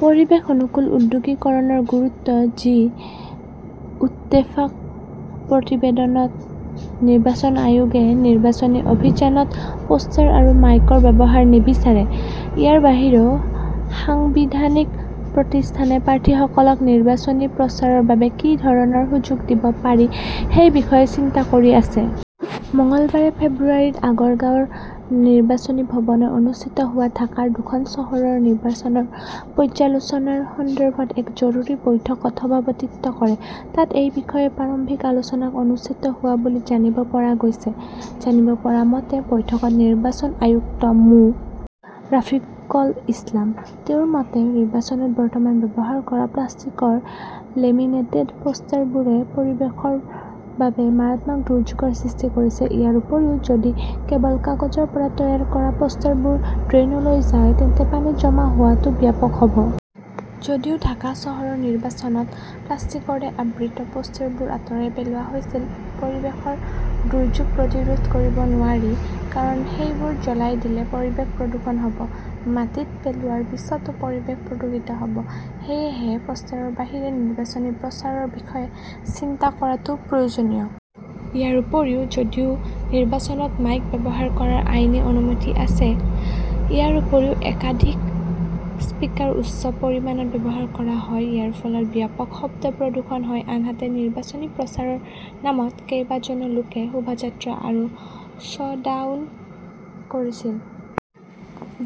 পৰিৱেশ অনুকূল ঔদ্যোগিকৰণৰ গুৰুত্ব জি ইত্তেফাক প্ৰতিবেদনত নিৰ্বাচন আয়োগে নিৰ্বাচনী অভিযানত পোষ্টাৰ আৰু মাইকৰ ব্যৱহাৰ নিবিচাৰে। ইয়াৰ বাহিৰেও সাংবিধানিক প্ৰতিষ্ঠানে প্ৰাৰ্থীসকলক নিৰ্বাচনী প্ৰচাৰৰ বাবে কি ধৰণৰ সুযোগ দিব পাৰি সেই বিষয়ে চিন্তা কৰি আছে। মঙলবাৰে ফেব্ৰুৱাৰীত আগৰগাঁওৰ নিৰ্বাচনী ভৱনত অনুষ্ঠিত হোৱা ঢাকাৰ দুখন চহৰৰ নিৰ্বাচনৰ পৰ্যালোচনাৰ সন্দৰ্ভত এক জৰুৰী বৈঠকত সভাপতিত্ব কৰে। তাত এই বিষয়ে প্ৰাৰম্ভিক আলোচনা অনুষ্ঠিত হোৱা বুলি জানিব পৰা গৈছে। জানিব পৰা মতে, বৈঠকত নিৰ্বাচন আয়ুক্ত মো. ৰাফিকল ইছলাম। তেওঁৰ মতে, নিৰ্বাচনত বৰ্তমান ব্যৱহাৰ কৰা প্লাষ্টিকৰ লেমিনেটেড পোষ্টাৰবোৰে পৰিৱেশৰ বাবে মাৰাত্মক দুৰ্যোগৰ সৃষ্টি কৰিছে। ইয়াৰ উপৰিও, যদি কেৱল কাগজৰ পৰা তৈয়াৰ কৰা পোষ্টাৰবোৰ ড্ৰেইনলৈ যায়, তেন্তে পানী জমা হোৱাটো ব্যাপক হ 'ব। যদিও ঢাকা চহৰৰ নিৰ্বাচনত প্লাষ্টিকৰে আবৃত পোষ্টাৰবোৰ আঁতৰাই পেলোৱা হৈছিল, পৰিৱেশৰ দুৰ্যোগ প্ৰতিৰোধ কৰিব নোৱাৰি। কাৰণ সেইবোৰ জ্বলাই দিলে পৰিৱেশ প্ৰদূষণ হ'ব। মাটিত পেলোৱাৰ পিছতো পৰিৱেশ প্ৰদূষিত হ'ব। সেয়েহে পোষ্টাৰৰ বাহিৰে নিৰ্বাচনী প্ৰচাৰৰ বিষয়ে চিন্তা কৰাটো প্ৰয়োজনীয়। ইয়াৰ উপৰিও, যদিও নিৰ্বাচনত মাইক ব্যৱহাৰ কৰাৰ আইনী অনুমতি আছে। ইয়াৰ উপৰিও একাধিক স্পিকাৰ উচ্চ পৰিমাণত ব্যৱহাৰ কৰা হয়। ইয়াৰ ফলত ব্যাপক শব্দ প্ৰদূষণ হয়। আনহাতে, নিৰ্বাচনী প্ৰচাৰৰ নামত কেইবাজনো লোকে শোভাযাত্ৰা আৰু শ্ব'ডাউন কৰিছিল।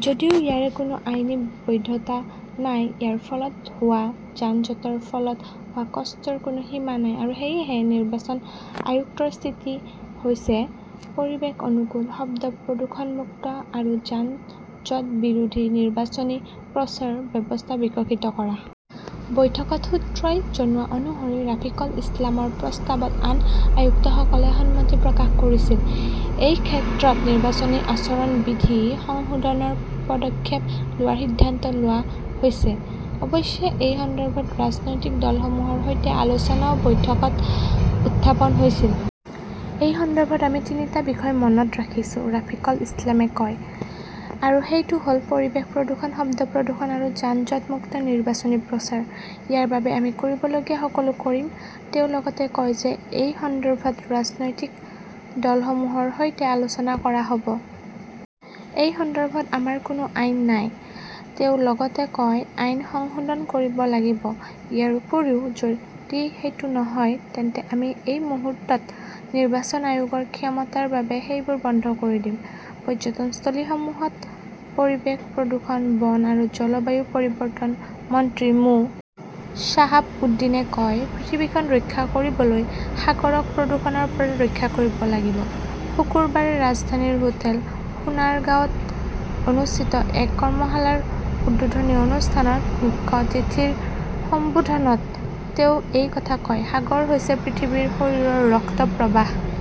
যদিও ইয়াৰ কোনো আইনী বৈধতা নাই। ইয়াৰ ফলত হোৱা যান-জঁটৰ ফলত হোৱা কষ্টৰ কোনো সীমা নাই আৰু সেয়েহে, নিৰ্বাচন আয়ুক্তৰ স্থিতি হৈছে পৰিৱেশ অনুকূল, শব্দ প্ৰদূষণমুক্ত আৰু যান-জঁট বিৰোধী নিৰ্বাচনী প্ৰচাৰ ব্যৱস্থা বিকশিত কৰা। বৈঠকৰ সূত্ৰই জনোৱা অনুসৰি ৰাফিকল ইছলামৰ প্ৰস্তাৱত আন আয়ুক্তসকলে সন্মতি প্ৰকাশ কৰিছিল। এই ক্ষেত্ৰত নিৰ্বাচনী আচৰণ বিধি সংশোধনৰ পদক্ষেপ লোৱাৰ সিদ্ধান্ত লোৱা হৈছে। অৱশ্যে, এই সন্দৰ্ভত ৰাজনৈতিক দলসমূহৰ সৈতে আলোচনাও বৈঠকত উত্থাপন হৈছিল। এই সন্দৰ্ভত আমি তিনিটা বিষয় মনত ৰাখিছো, ৰাফিকল ইছলামে কয়। আৰু সেইটো হ'ল-পৰিৱেশ প্ৰদূষণ, শব্দ প্ৰদূষণ আৰু যান-জঁট-মুক্ত নিৰ্বাচনী প্ৰচাৰ। ইয়াৰ বাবে আমি কৰিবলগীয়া সকলো কৰিম। তেওঁ লগতে কয় যে, এই সন্দৰ্ভত ৰাজনৈতিক দলসমূহৰ সৈতে আলোচনা কৰা হ'ব। এই সন্দৰ্ভত আমাৰ কোনো আইন নাই, তেওঁ লগতে কয়। আইন সংশোধন কৰিব লাগিব। ইয়াৰ উপৰিও, যদি সেইটো নহয়, তেন্তে আমি এই মুহূৰ্তত নিৰ্বাচন আয়োগৰ ক্ষমতাৰ বাবে সেইবোৰ বন্ধ কৰি দিম। পৰ্যটনস্থলীসমূহত পৰিৱেশ প্ৰদূষণ, বন আৰু জলবায়ু পৰিৱৰ্তন মন্ত্ৰী মো. শ্বাহাব উদ্দিনে কয়, "পৃথিৱীখন ৰক্ষা কৰিবলৈ সাগৰক প্ৰদূষণৰ পৰা ৰক্ষা কৰিব লাগিব।" শুকুৰবাৰে ৰাজধানীৰ হোটেল সোনাৰগাঁৱত অনুষ্ঠিত এক কৰ্মশালাৰ উদ্বোধনী অনুষ্ঠানত মুখ্য অতিথিৰ সম্বোধনত তেওঁ এই কথা কয়,"সাগৰ হৈছে পৃথিৱীৰ শৰীৰৰ ৰক্ত প্ৰবাহ"।